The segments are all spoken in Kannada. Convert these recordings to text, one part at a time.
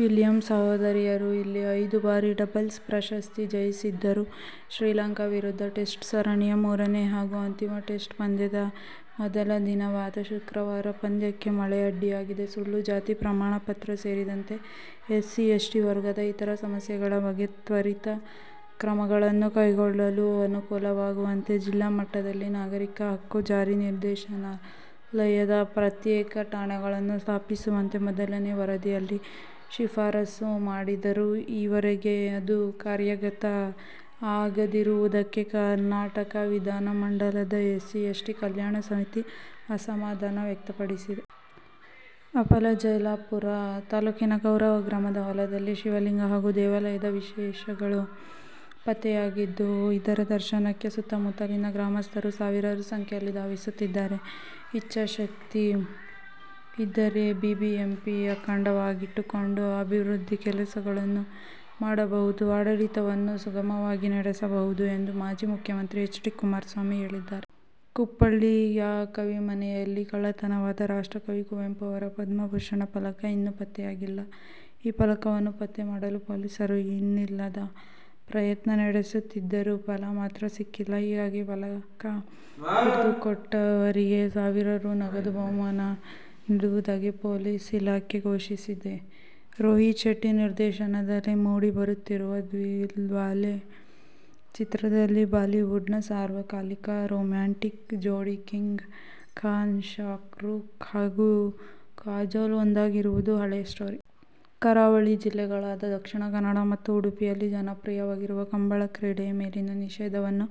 ವಿಲಿಯಮ್ಸ್ ಸಹೋದರಿಯರು ಇಲ್ಲಿ ಐದು ಬಾರಿ ಡಬಲ್ಸ್ ಪ್ರಶಸ್ತಿ ಜಯಿಸಿದ್ದರು. ಶ್ರೀಲಂಕಾ ವಿರುದ್ದ ಟೆಸ್ಟ್ ಸರಣಿಯ ಮೂರನೇ ಹಾಗೂ ಅಂತಿಮ ಟೆಸ್ಟ್ ಪಂದ್ಯ ದ ಮೊದಲ ದಿನವಾದ ಶುಕ್ರವಾರ ಪಂದ್ಯಕ್ಕೆ ಮಳೆಅಡ್ಡಿಯಾಗಿದೆ. ಸುಳ್ಳು ಜಾತಿ ಪ್ರಮಾಣ ಪತ್ರ ಸೇರಿದಂತೆ ಎಸ್ಸಿ, ಎಸ್ಟಿ ವರ್ಗದ ಇತರ ಸಮಸ್ಯೆಗಳ ಬಗ್ಗೆ ತ್ವರಿತ ಕ್ರಮಗಳನ್ನು ಕೈಗೊಳ್ಳಲು ಅನುಕೂಲವಾಗುವಂತೆ ಜಿಲ್ಲಾ ಮಟ್ಟದಲ್ಲಿ ನಾಗರಿಕ ಹಕ್ಕು ಜಾರಿ ನಿರ್ದೇಶನಾಲಯದ ಪ್ರತ್ಯೇಕ ಠಾಣೆಗಳನ್ನು ಸ್ಥಾಪಿಸುವಂತೆ ಮೊದಲನೇ ವರದಿಯಲ್ಲಿ ಶಿಫಾರಸು ಮಾಡಿದ್ದರೂ, ಈವರೆಗೆ ಅದು ಕಾರ್ಯಗತ ಆಗದಿರುವುದಕ್ಕೆ ಕರ್ನಾಟಕ ವಿಧಾನಮಂಡಲದ ಎಸ್ಸಿ, ಎಸ್ಟಿ ಕಲ್ಯಾಣ ಸಮಿತಿ ಅಸಮಾಧಾನ ವ್ಯಕ್ತಪಡಿಸಿದೆ. ಅಫಜಲಪುರ ತಾಲೂಕಿನ ಗೌರ ಗ್ರಾಮದ ಹೊಲದಲ್ಲಿ ಶಿವಲಿಂಗ ಹಾಗೂ ದೇವಾಲಯದ ಅವಶೇಷಗಳು ಪತ್ತೆಯಾಗಿದ್ದು, ಇದರ ದರ್ಶನಕ್ಕೆ ಸುತ್ತಮುತ್ತಲಿನ ಗ್ರಾಮಸ್ಥರು ಸಾವಿರಾರು ಸಂಖ್ಯೆಯಲ್ಲಿ ಧಾವಿಸುತ್ತಿದ್ದಾರೆ. "ಇಚ್ಛಾಶಕ್ತಿ ಇದ್ದರೆ ಬಿಬಿಎಂಪಿ ಅಖಂಡವಾಗಿಟ್ಟುಕೊಂಡು ಅಭಿವೃದ್ಧಿ ಕೆಲಸಗಳನ್ನೂ ಮಾಡಬಹುದು. ಆಡಳಿತವನ್ನು ಸುಗಮವಾಗಿ ನಡೆಸಬಹುದು' ಎಂದು ಮಾಜಿ ಮುಖ್ಯಮಂತ್ರಿ ಎಚ್. ಡಿ. ಕುಮಾರಸ್ವಾಮಿ ಹೇಳಿದ್ದಾರೆ. ಕುಪ್ಪಳ್ಳಿಯ ಕವಿಮನೆಯಲ್ಲಿ ಕಳ್ಳತನವಾದ ರಾಷ್ಟ್ರಕವಿ ಕುವೆಂಪು ಅವರ 'ಪದ್ಮವಿಭೂಷಣ' ಫಲಕ ಇನ್ನೂ ಪತ್ತೆಯಾಗಿಲ್ಲ. ಈ ಫಲಕವನ್ನು ಪತ್ತೆ ಮಾಡಲು ಪೊಲೀಸರು ಇನ್ನಿಲ್ಲದ ಪ್ರಯತ್ನ ನಡೆಸುತ್ತಿದ್ದರೂ ಫಲ ಮಾತ್ರ ಸಿಕ್ಕಿಲ್ಲ. ಹೀಗಾಗಿ ಫಲಕ ಹುಡುಕಿಕೊಟ್ಟವರಿಗೆ ಸಾವಿರ ರೂ. ನಗದು ಬಹುಮಾನ ನೀಡುವುದಾಗಿ ಪೊಲೀಸ್ ಇಲಾಖೆ ಘೋಷಿಸಿದೆ. ರೋಹಿತ್ ಶೆಟ್ಟಿ ನಿರ್ದೇಶನದಲ್ಲಿ ಮೂಡಿ ಬರುತ್ತಿರುವ ದಿಲ್ವಾಲೆ ಚಿತ್ರದಲ್ಲಿ ಬಾಲಿವುಡ್'ನ ಸಾರ್ವಕಾಲಿಕ ರೋಮ್ಯಾಂಟಿಕ್ ಜೋಡಿ ಕಿಂಗ್ ಖಾನ್ ಶಾರೂಕ್ ಹಾಗೂ ಕಾಜೋಲ್ ಒಂದಾಗಿರುವುದು ಹಳೇ ಸ್ಟೋರಿ. ಕರಾವಳಿ ಜಿಲ್ಲೆಗಳಾದ ದಕ್ಷಿಣ ಕನ್ನಡ ಮತ್ತು ಉಡುಪಿಯಲ್ಲಿ ಜನಪ್ರಿಯವಾಗಿರುವ ಕಂಬಳ ಕ್ರೀಡೆಯ ಮೇಲಿನ ನಿಷೇಧವನ್ನು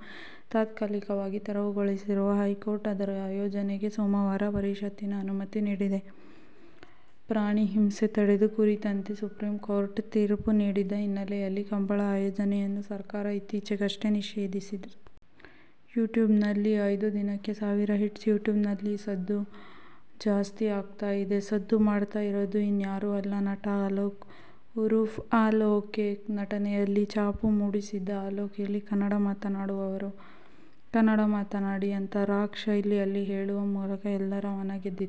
ತಾತ್ಕಾಲಿಕವಾಗಿ ತೆರವುಗೊಳಿಸಿರುವ ಹೈಕೋರ್ಟ್, ಅದರ ಆಯೋಜನೆಗೆ ಸೋಮವಾರ ಷರತ್ತಿನ ಅನುಮತಿ ನೀಡಿದೆ. ಪ್ರಾಣಿ ಹಿಂಸೆ ತಡೆ ಕುರಿತಂತೆ ಸುಪ್ರೀಂಕೋರ್ಟ್ ತೀರ್ಪು ನೀಡಿದ್ದ ಹಿನ್ನೆಲೆಯಲ್ಲಿ ಕಂಬಳ ಆಯೋಜನೆಯನ್ನು ಸರ್ಕಾರ ಇತ್ತೀಚೆಗಷ್ಟೇ ನಿಷೇಧಿಸಿತ್ತು. ಯೂಟ್ಯೂಬ್ನಲ್ಲಿ ಐದು ದಿನಕ್ಕೆ ಸಾವಿರ ಹಿಟ್ಸ್, ಯೂಟ್ಯೂಬ್ನಲ್ಲಿ ಸದ್ದು ಜಾಸ್ತಿ ಆಗ್ತಾ ಇದೆ. ಸದ್ದು ಮಾಡ್ತಾ ಇರೋರು ಇನ್ಯಾರು ಅಲ್ಲ. ನಟ ಅಲೋಕ್ ಉರುಫ್ ಆಲ್ ಓಕೆ. ನಟನೆಯಲ್ಲಿ ಛಾಪು ಮೂಡಿಸಿದ್ದ ಅಲೋಕ್ "ಇಲ್ಲಿ ಕನ್ನಡ ಮಾತನಾಡದವರು ಕನ್ನಡ ಮಾತನಾಡಿ' ಅಂತ ರಾಕ್ ಶೈಲಿಯಲ್ಲಿ ಹೇಳುವ ಮೂಲಕ ಎಲ್ಲರ ಮನ ಗೆದ್ದಿದ್ದಾರೆ.